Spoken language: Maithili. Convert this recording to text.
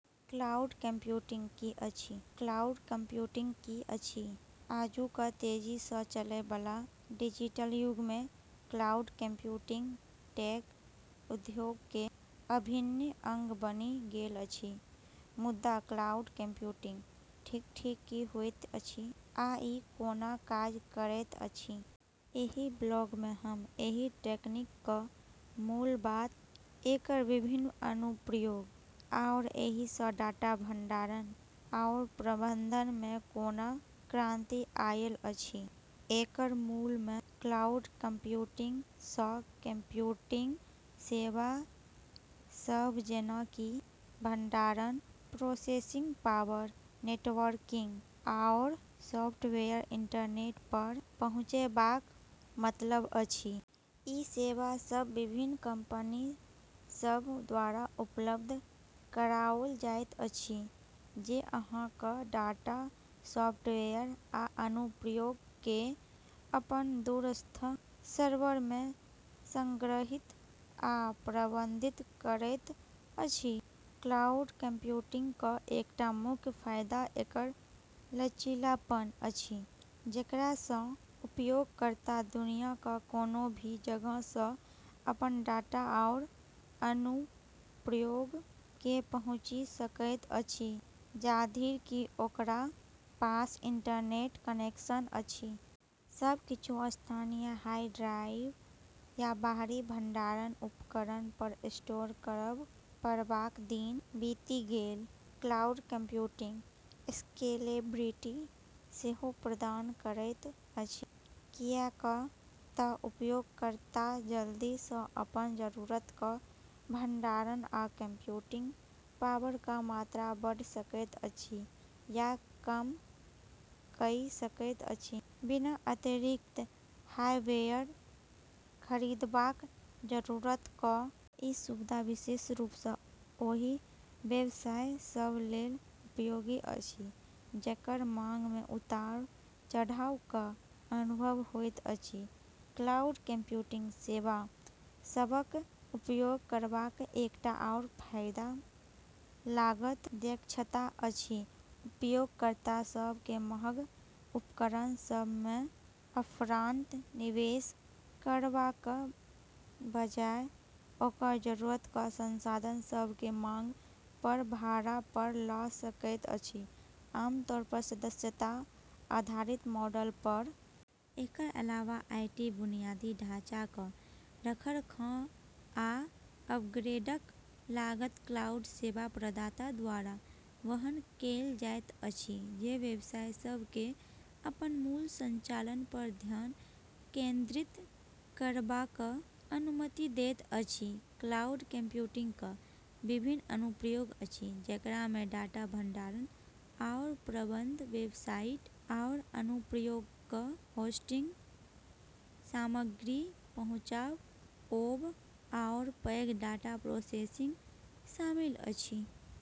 क्लाउड कंप्यूटिंग की अछि? क्लाउड कंप्यूटिंग की अछि? आजुक तेजी सँ चलै बला डिजिटल युग मे क्लाउड कंप्यूटिंग टेक उद्योगक अभिन्न अंग बनि गेल अछि। मुदा क्लाउड कंप्यूटिंग ठीक-ठीक की होइत अछि, आ ई कोना काज करैत अछि? एहि ब्लॉग मे हम एहि तकनीकक मूल बात, एकर विभिन्न अनुप्रयोग, आओर एहि सँ डाटा भंडारण आओर प्रबंधन मे कोना क्रांति आयल अछि। एकर मूल मे क्लाउड कंप्यूटिंग सँ कंप्यूटिंग सेवा सभ-जेना कि भंडारण, प्रोसेसिंग पावर, नेटवर्किंग आओर सॉफ्टवेयर-इंटरनेट पर पहुँचेबाक मतलब अछि। ई सेवा सभ विभिन्न कंपनी सभ द्वारा उपलब्ध कराओल जाइत अछि, जे अहाँक डाटा, सॉफ्टवेयर आ अनुप्रयोग केँ अपन दूरस्थ सर्वर मे संग्रहीत आ प्रबंधित करैत अछि। क्लाउड कंप्यूटिंगक एकटा मुख्य फायदा एकर लचीलापन अछि, जेकरा सँ उपयोगकर्ता दुनियाक कोनो भी जगह सँ अपन डाटा आओर अनुप्रयोग केँ पहुँची सकैत अछि, जाधरि कि ओकरा पास इंटरनेट कनेक्शन अछि। सब किछु स्थानीय हार्ड ड्राइव या बाहरी भंडारण उपकरण पर स्टोर करब पड़बाक दिन बीति गेल। क्लाउड कंप्यूटिंग स्केलेबिलिटी सेहो प्रदान करैत अछि, कियाक तँ उपयोगकर्ता जल्दी सँ अपन जरूरतक भंडारण आ कंप्यूटिंग पावरक मात्रा बढ़ा सकैत अछि या कम कइ सकैत अछि, बिना अतिरिक्त हार्डवेयर खरीदबाक जरूरतक। ई सुविधा विशेष रूप सँ ओहि व्यवसाय सभ लेल उपयोगी अछि, जेकर मांग मे उतार-चढ़ावक अनुभव होइत अछि। क्लाउड कंप्यूटिंग सेवा सभक उपयोग करबाक एकटा आओर फायदा लागत दक्षता अछि। उपयोगकर्ता सभ केँ महग उपकरण सभ मे अपफ्रंट निवेश करबाक बजाय, ओकरा जरूरतक संसाधन सभ केँ मांग पर भाड़ा पर लऽ सकैत अछि, आमतौर पर सदस्यता आधारित मॉडल पर। एकर अलावा आईटी बुनियादी ढाँचाक रखरखाव आ अपग्रेडक लागत क्लाउड सेवा प्रदाता द्वारा वहन कएल जाइत अछि, जे व्यवसाय सभ केँ अपन मूल संचालन पर ध्यान केंद्रित करबाक अनुमति दैत अछि। क्लाउड कंप्यूटिंगक विभिन्न अनुप्रयोग अछि, जेकरा मे डाटा भंडारण आओर प्रबंधन, वेबसाइट आओर अनुप्रयोगक होस्टिंग, सामग्री पहुँचाओब, आओर पैघ डाटा प्रोसेसिंग शामिल अछि।